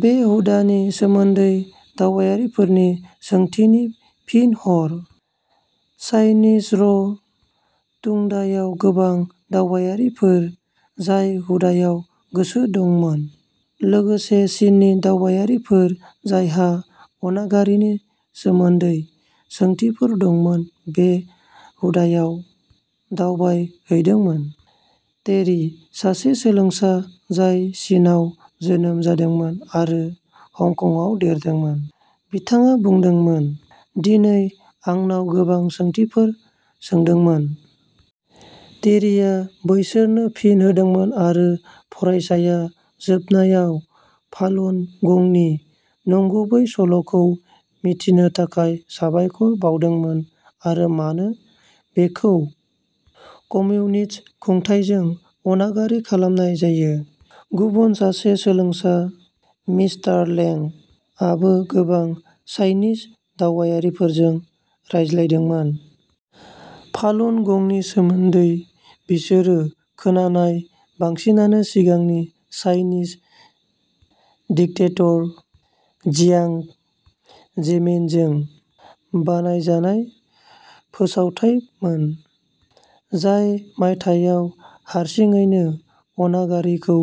बे हुदानि सोमोन्दै दावबायारिफोरनि सोंथिनि फिन हर। चाइनिज र' टुंडायाव गोबां दावबायारिफोर जाय हुदायाव गोसो दंमोन, लोगोसे चीननि दावबायारिफोर जायहा अनागारिनि सोमोन्दै सोंथिफोर दंमोन, बे हुदायाव दावबायहैदोंमोन। टेरि, सासे सोलोंसा जाय चीनआव जोनोम जादोंमोन आरो हंकंआव देरदोंमोन, बिथाङा बुंदोंमोन, "दिनै आंनाव गोबां सोंथिफोर सोंदोंमोन। टेरिआ बैसोरनो फिन होदोंमोन आरो फरायसाया जोबनायाव फालुन गंनि नंगुबै सल'खौ मिथिनो थाखाय साबायखर बावदोंमोन आरो मानो बेखौ कम्युनिस्ट खुंथायजों अनागारि खालामनाय जायो। गुबुन सासे सोलोंसा, मिस्टार लें, आबो गोबां चाइनीज दावबायारिफोरजों रायज्लायदोंमोन। फालुन गंनि सोमोन्दै बिसोरो खोनानाय बांसिनानो सिगांनि चाइनीज डिक्टेटर जियांग जेमिनजों बानायजानाय फोसावथायमोन, जाय मायथाइयाव हारसिङैनो अनागारिखौ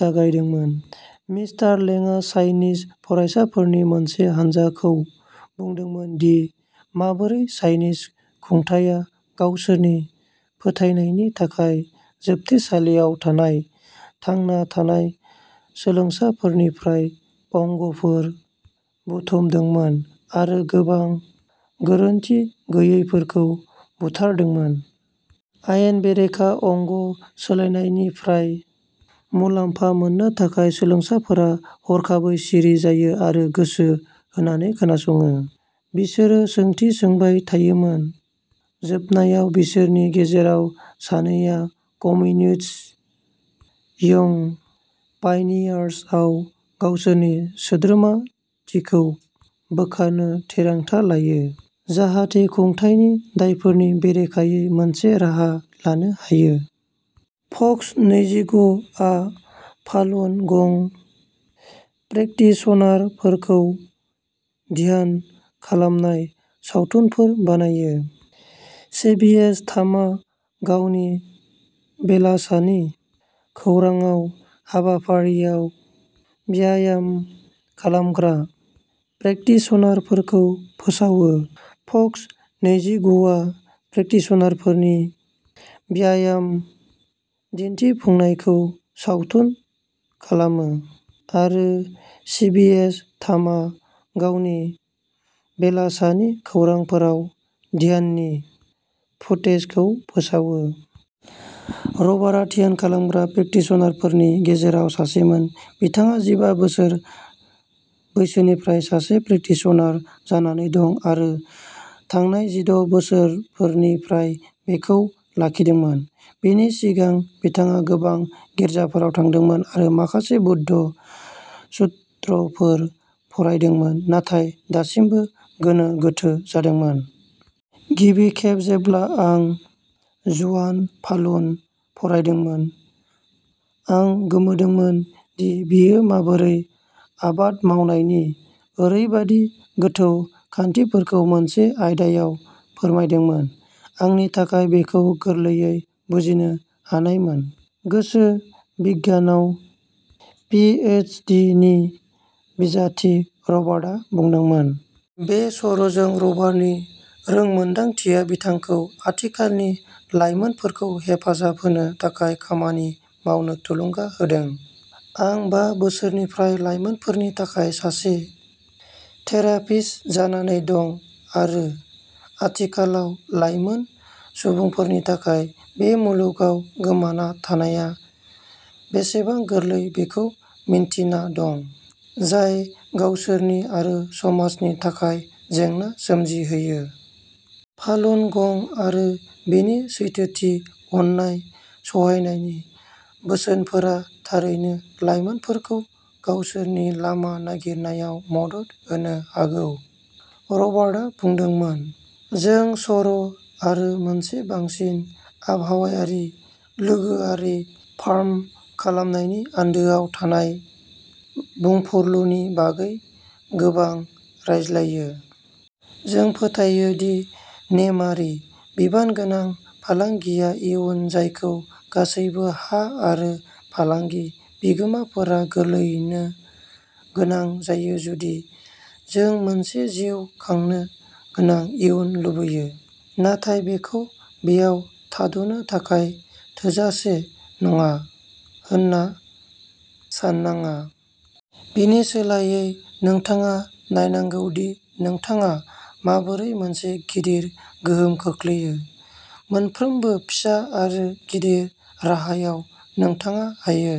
जागायदोंमोन। मिस्टार लेंआ चाइनीज फरायसाफोरनि मोनसे हानजाखौ बुंदोंमोन दि माबोरै चाइनीज खुंथायआ गावसोरनि फोथायनायनि थाखाय जोबथेसालियाव थानाय थांना थानाय सोलोंसाफोरनिफ्राय अंगफोर बुथुमदोंमोन आरो गोबां गोरोनथि गैयैफोरखौ बुथारदोंमोन। आयेन बेरेखा अंग सोलायनायनिफ्राय मुलाम्फा मोननो थाखाय सोलोंसाफोरा हरखाबै सिरि जायो आरो गोसो होनानै खोनासङो। बिसोरो सोंथि सोंबाय थायोमोन। जोबनायाव, बिसोरनि गेजेराव सानैया कमिउनिस्ट यंग पायनियार्सआव गावसोरनि सोद्रोमाथिखौ बोखारनो थिरांथा लायो, जाहाथे खुंथायनि दायफोरनि बेरेखायै मोनसे राहा लानो हायो। फक्स नैजिगु आ फालुन गं प्रेकटिशनारफोरखौ ध्यान खालामनाय सावथुनफोर बानायो। सिबिएस थामआ गावनि बेलासानि खौरांफोराव हाबाफारियाव व्यायाम खालामग्रा प्रेकटिशनारफोरखौ फोसावो। फक्स नैजिगुआ प्रेकटिशनारफोरनि व्यायाम दिन्थिफुंनायखौ सावथुन खालामो आरो सिबिएस थामआ गावनि बेलासानि खौरांफोराव ध्याननि फुटेजखौ फोसावो। रबार्टआ ध्यान खालामग्रा प्रेकटिशनारफोरनि गेजेराव सासेमोन। बिथाङा जिबा बोसोर बैसोनिफ्राय सासे प्रेकटिशनार जानानै दं आरो थांनाय जिद' बोसोरफोरनिफ्राय बेखौ लाखिदोंमोन। बेनि सिगां बिथाङा गोबां गिर्जाफोराव थांदोंमोन आरो माखासे बौद्ध सुत्रफोर फरायदोंमोन नाथाय दासिमबो गोनो गोथो जादोंमोन। "गिबि खेब जेब्ला आं झुआन फालुन फरायदोंमोन, आं गोमोदोंमोन दि बेयो माबोरै आबाद मावनायनि ओरैबायदि गोथौ खान्थिफोरखौ मोनसे आयदायाव फोरमायदोंमोन। आंनि थाखाय बेखौ गोरलैयै बुजिनो हानायमोन, गोसो बिगियानाव पि एइच डि नि बिजाथि रबार्टआ बुंदोंमोन। बे सर'जों रबार्टनि रोंमोन्दांथिया बिथांखौ आथिखालनि लाइमोनफोरखौ हेफाजाब होनो थाखाय खामानि मावनो थुलुंगा होदों।" आं बा बोसोरनिफ्राय लाइमोनफोरनि थाखाय सासे थेरापिस्ट जानानै दं आरो आथिखालाव लाइमोन सुबुंफोरनि थाखाय बे मुलुगाव गोमाना थानाया बेसेबां गोरलै बेखौ मिन्थिना दं, जाय गावसोरनि आरो समाजनि थाखाय जेंना सोमजिहोयो। फालुन गं आरो बेनि सैथोथि अननाय सहायनायनि बोसोनफोरा थारैनो लाइमोनफोरखौ गावसोरनि लामा नागिरनायाव मदद होनो हागौ, रबार्टआ बुंदोंमोन। जों सर'आरो मोनसे बांसिन आबहावायारि लोगोआरि फार्म खालामनायनि आन्दोआव थानाय बुंफुरलुनि बागै गोबां रायज्लायो। जों फोथायो दि नेमआरि, बिबानगोनां फालांगिया इयुन जायखौ गासैबो हा आरो फालांगि बिगोमाफोरा गोग्लैनो गोनां जायो जुदि जों मोनसे जिउ खांनो गोनां इयुन लुबैयो। नाथाय बेखौ बेयाव थाद'नो थाखाय थोजासे नङा होन्ना साननाङा। बेनि सोलायै, नोंथाङा नायनांगौ दि नोंथाङा माबोरै मोनसे गिदिर गोहोम खोख्लैयो। मोनफ्रोमबो फिसा आरो गिदिर राहायाव नोंथाङा हायो।